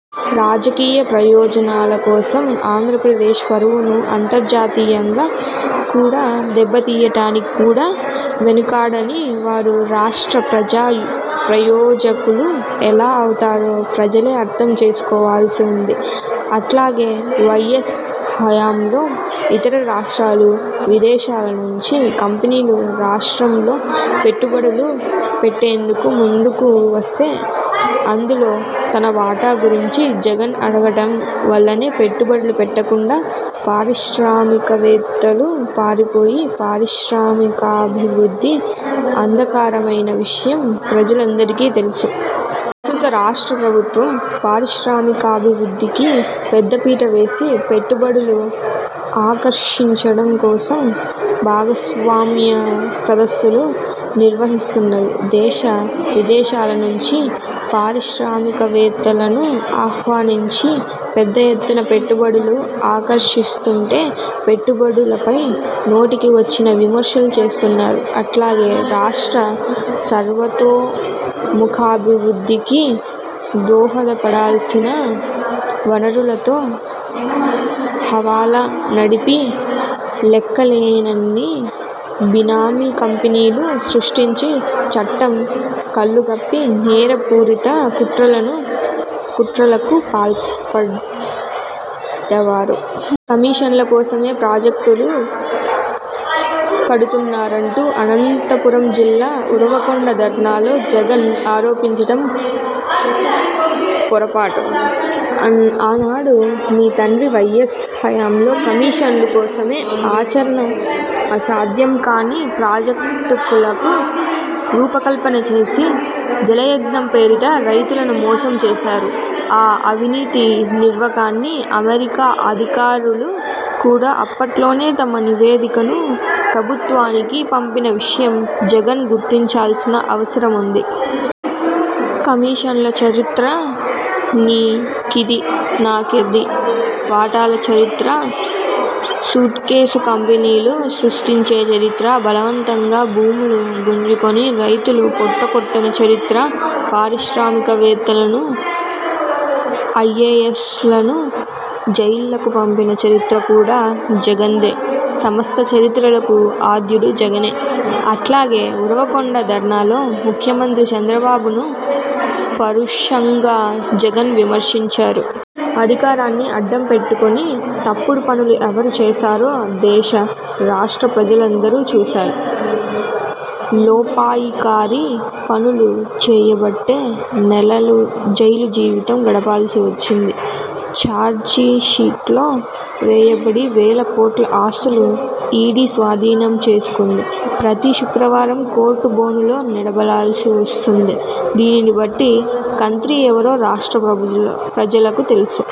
రాజకీయ ప్రయోజనాల కోసం ఆంధ్రప్రదేశ్ పరువును అంతర్జాతీయంగా కూడా దెబ్బతీయటానికి కూడా వెనకాడని వారు రాష్ట్ర ప్రజా ప్రయోజకులు ఎలా అవుతారో ప్రజలే అర్ధం చేసుకోవాల్సి వుంది. అట్లాగే వైఎస్ హయాంలో ఇతర రాష్ట్రాలు, విదేశాల నుంచి కంపెనీలు రాష్ట్రంలో పెట్టుబడులు పెట్టేందుకు ముందుకు వస్తే అందులో తన వాటా గురించి జగన్ అడగటం వల్లనే పెట్టుబడులు పెట్టకుండా పారిశ్రామికవేత్తలు పారిపోయి పారిశ్రామికాభివృద్ధి అంధకారమైన విషయం ప్రజలందరికి తెలుసు. ప్రస్తుత రాష్ట్ర ప్రభుత్వం పారిశ్రామికాభివృద్ధికి పెద్దపీట వేసి పెట్టుబడులు ఆకర్షించడం కోసం భాగస్వామ్య సదస్సులు నిర్వహిస్తున్నది. దేశ, విదేశాల నుంచి పారిశ్రామికవేత్తలను ఆహ్వానించి, పెద్దఎత్తున పెట్టుబడులు ఆకర్షిస్తుంటే పెట్టుబడులపైన నోటికి వచ్చిన విమర్శలు చేస్తున్నారు. అట్లాగే రాష్ట్ర సర్వతోముఖాభివృద్దికి దోహదపడాల్సిన వనరులతో హవాలా నడిపి లెక్క లేనన్ని బినామీ కంపెనీలు సృష్టించి చట్టం కళ్లుగప్పి నేర పూరిత కుట్రలకు పాల్పడ్డవారు. కమీషన్ల కోసమే ప్రాజెక్టులు కడుతున్నారంటూ అనంతపురం జిల్లా ఉరవకొండ ధర్నాలో జగన్ ఆరోపించడం పొరసాటు. ఆనాడు మీ తండ్రి వైఎస్ హయాంలో కమీషన్ల కోసమే ఆచరణ అసాధ్యం కానీ ప్రాజెక్టులకు రూపకల్పన చేసి, జలయజ్ఞం పేరిట రైతులను మోసం చేశారు. ఆ అవినీతి నిర్వకాన్ని అమెరికా అధికారులు కూడా అప్పట్లోనే తమ నివేదికను ప్రభుత్వానికి పంపిన విషయం జగన్ గుర్తించాల్సిన అవసరముంది. కమిషన్ల చరిత్ర, నీ కిది, నాకది వాటాల చరిత్ర, సూట్కేసు కంపెనీలు సృష్టించే చరిత్ర, బలవంతంగా భూములు గుంజుకొని రైతుల పొట్టకొట్టిన చరిత్ర, పారిశ్రామికవేత్తలను, ఐఏఎస్ లను జైళ్లకు పంపిన చరిత్ర కూడా జగన్ దే. సమస్త చరిత్రలకు ఆద్యుడు జగనే. అట్లాగే ఉరవకొండ ధర్నాలో ముఖ్యమంత్రి చంద్రబాబును పరుషంగా జగన్ విమర్శించారు. అధికారాన్ని అడ్డం పెట్టుకొని తప్పుడు పనులు ఎవరు చేశారో దేశ, రాష్ట్ర ప్రజలందరూ చూశారు. లోపాయికారీ పనులు చేయబట్టే నెలలు జైలు జీవితం గడపాల్సి వచ్చింది. ఛార్జిషీట్లు వేయబడి వేలకోట్ల ఆస్తులు ఈడీ స్వాధీనం చేసుకుంటుంది. ప్రతి శుక్రవారం కోర్టు బోనులో నిలబడాల్సి వస్తుంది. దీనిని బట్టి కంత్రీ ఎవరో రాష్ట్ర ప్రజలకు తెలుసు.